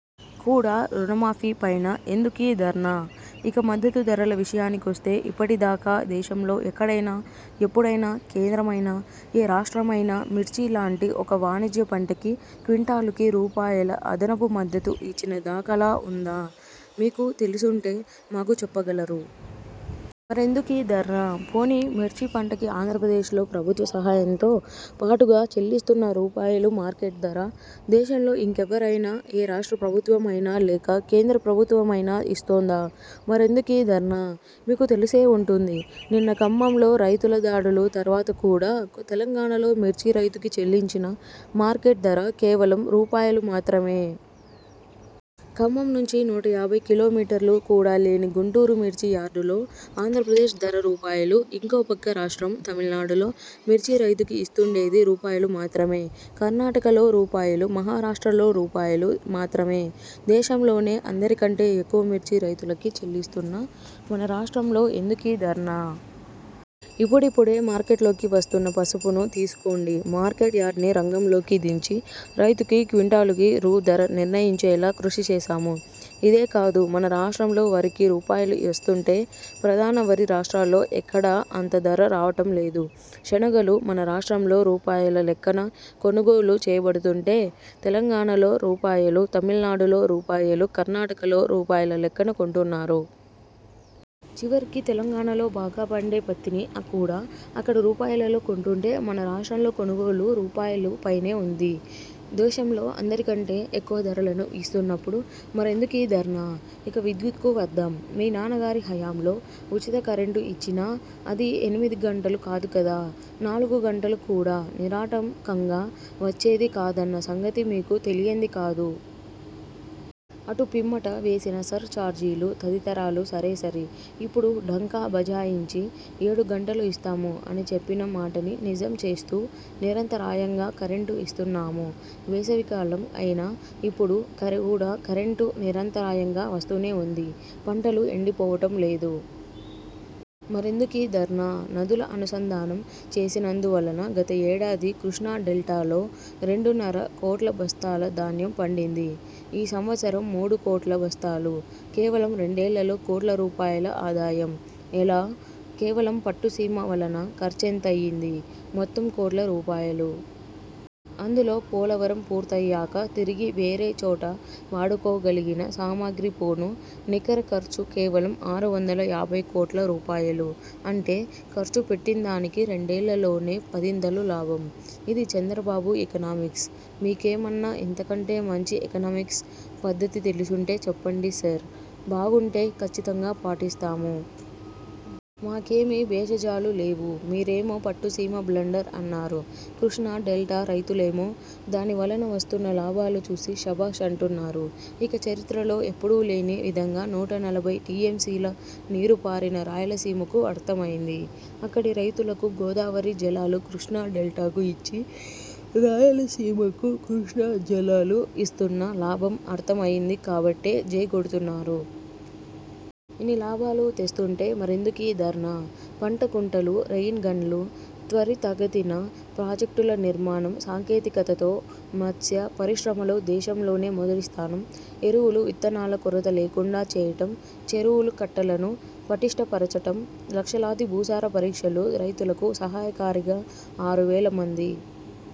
కూడా, రుణమాఫీ పైన, ఎందుకీ ధర్నా? ఇక మద్దతు ధరల విషయానికొస్తే, ఇప్పటి దాకా, దేశంలో ఎక్కడైనా, ఎప్పుడైనా, కేంద్రమైనా, ఏ రాష్ట్రమైనా, మిర్చి లాంటి ఒక వాణిజ్య పంటకి, క్వింటాలుకి, రూపాయల అదనపు మద్దతు ఇచ్చిన దాఖలా వుందా? మీకు తెలిసుంటే, మాకు చెప్పగలరు. మరెందుకీ ధర్నా? పోనీ మిర్చి పంటకి ఆంద్రప్రదేశ్లో ప్రభుత్వ సహాయంతో పాటుగా చెల్లిస్తున్న రూపాయలు మార్కెట్ ధర, దేశంలో ఇంకెవ్వరైనా, ఏ రాష్ట్ర ప్రభుత్వమైనా, లేక కేంద్ర ప్రభుత్వమైనా ఇస్తోందా? మరెందుకీ ధర్నా? మీకు తెలిసే వుంటుంది, నిన్న ఖమ్మంలో రైతుల దాడుల తర్వాత కూడా, తెలంగాణలో మిర్చి రైతుకి చెల్లించిన మార్కెట్ ధర, కేవలం రూపాయలు మాత్రమే! ఖమ్మం నుంచి నూట యాభై కిలో మీటర్లు కూడా లేని గుంటూరు మిర్చి యార్డులో ఆంద్రప్రదేశ్ ధర రూపాయలు. ఇంకో పక్క రాష్ట్రం తమిళనాడులో మిర్చి రైతుకి ఇస్తుండేది రూపాయలు మాత్రమే. కర్ణాటకలో రూపాయలు, మహారాష్ట్రలో రూపాయలు మాత్రమే. దేశంలోనే అందరి కంటే ఎక్కువ మిర్చి రైతులకి చెల్లిస్తున్న మన రాష్ట్రంలో ఎందుకీ ధర్నా? ఇప్పుడిప్పుడే మార్కెట్లోకి వస్తున్న పసుపును తీసుకోండి. మార్కెట్ యార్డ్ని రంగంలోకి దించి, రైతుకి క్వింటాలుకి రూ. ధర నిర్ణయించేలా కృషి చేసాము. ఇదే కాదు, మన రాష్ట్రంలో వరికి రూపాయలు వస్తుంటే ప్రధాన వరి రాష్ట్రాల్లో ఎక్కడా అంత ధర రావటం లేదు. శెనగలు, మన రాష్ట్రంలో రూపాయల లెక్కన కొనుగోలు చేయబడుతుంటే, తెలంగాణలో రూపాయలు, తమిళనాడులో రూపాయలు, కర్ణాటకలో రూపాయల- లెక్కన కొంటున్నారు. చివరికి తెలంగాణలో బాగా పండే పత్తిని కూడా, అక్కడ రూపాయలలో కొంటుంటే, మన రాష్ట్రంలో కొనుగోలు, రూపాయల పైనే వుంది. దేశంలో అందరి కంటే, ఎక్కువ ధరలను ఇస్తున్నప్పుడు, మరెందుకీ ధర్నా? ఇక విద్యుత్కు వద్దాం. మీ నాన్నగారి హయాంలో ఉచిత కరెంటు ఇచ్చినా, అది ఎనిమిది గంటలు కాదు కదా, నాలుగు గంటలు కూడా, నిరాటంకంగా వచ్చేది కాదన్న సంగతి మీకు తెలియంది కాదు. అటు పిమ్మట, వేసిన సర్ చార్జీలు, తదితరాలు సరేసరి. ఇప్పుడు డంకా భజాయించి, ఏడు గంటలు ఇస్తాము అని చెప్పిన మాటని నిజం చేస్తూ, నిరంతరాయంగా కరెంటు ఇస్తున్నాము. వేసవి కాలం అయినా ఇప్పుడు కూడా కరెంటు నిరంతరాయంగా వస్తూనే వుంది. పంటలు ఎండిపోవటం లేదు. మరెందుకీ ధర్నా? నదుల అనుసంధానం చేసినందువలన గత ఏడాది కృష్ణా డెల్టాలో రెండున్నర కోట్ల బస్తాల ధాన్యం పండింది. ఈ సంవత్సరం మూడు కోట్ల బస్తాలు. కేవలం రెండేళ్లలో కోట్ల రూపాయల ఆదాయం. ఎలా? కేవలం పట్టు సీమ వలన ఖర్చెంతయ్యింది? మొత్తం కోట్ల రూపాయలు. అందులో పోలవరం పూర్తయ్యాక తిరిగి వేరే చోట వాడుకోగలిగిన సామాగ్రి పోను నికర ఖర్చు కేవలం ఆరు వందల యాభై కోట్ల రూపాయలు. అంటే ఖర్చు పెట్టిందానికి రెండేళ్ల లోనే పదింతలు లాభం. ఇది చంద్రబాబు ఎకనామిక్స్! మీకేమన్నా ఇంతకంటే మంచి ఎకనమిక్స్ పద్ధతి తెలిసుంటే చెప్పండి సర్, బాగుంటే, ఖచ్చితంగా పాటిస్తాము. మాకేమీ భేషజాలు లేవు. మీరేమో పట్టుసీమ బ్లండర్ అన్నారు. కృష్ణా డెల్టా రైతులేమో, దాని వలన వస్తున్న లాభాలు చూసి శబాష్ అంటున్నారు. ఇక చరిత్రలో ఎప్పుడూ లేని విధంగా నూట నలభై టీఎంసీల నీరు పారిన రాయలసీమకు అర్థమైంది. అక్కడి రైతులకు గోదావరి జలాలు కృష్ణా డెల్టాకు ఇచ్చి, రాయలసీమకు కృష్ణా జలాలు ఇస్తున్న లాభం అర్థం అయింది కాబట్టే, జై కొడుతున్నారు. ఇన్ని లాభాలు తెస్తుంటే, మరెందుకీ ధర్నా? పంట కుంటలు, రెయిన్ గన్లు, త్వరితగతిన ప్రాజెక్టుల నిర్మాణం, సాంకేతికతతో, మత్స్య పరిశ్రమలో దేశంలోనే మొదటి స్థానం, ఎరువులు, విత్తనాల కొరత లేకుండా చేయటం, చెరువుల కట్టలను, పటిష్ట పరచటం, లక్షలాది భూసార పరీక్షలు, రైతులకు సహాయకారిగా, ఆరు వేలమంది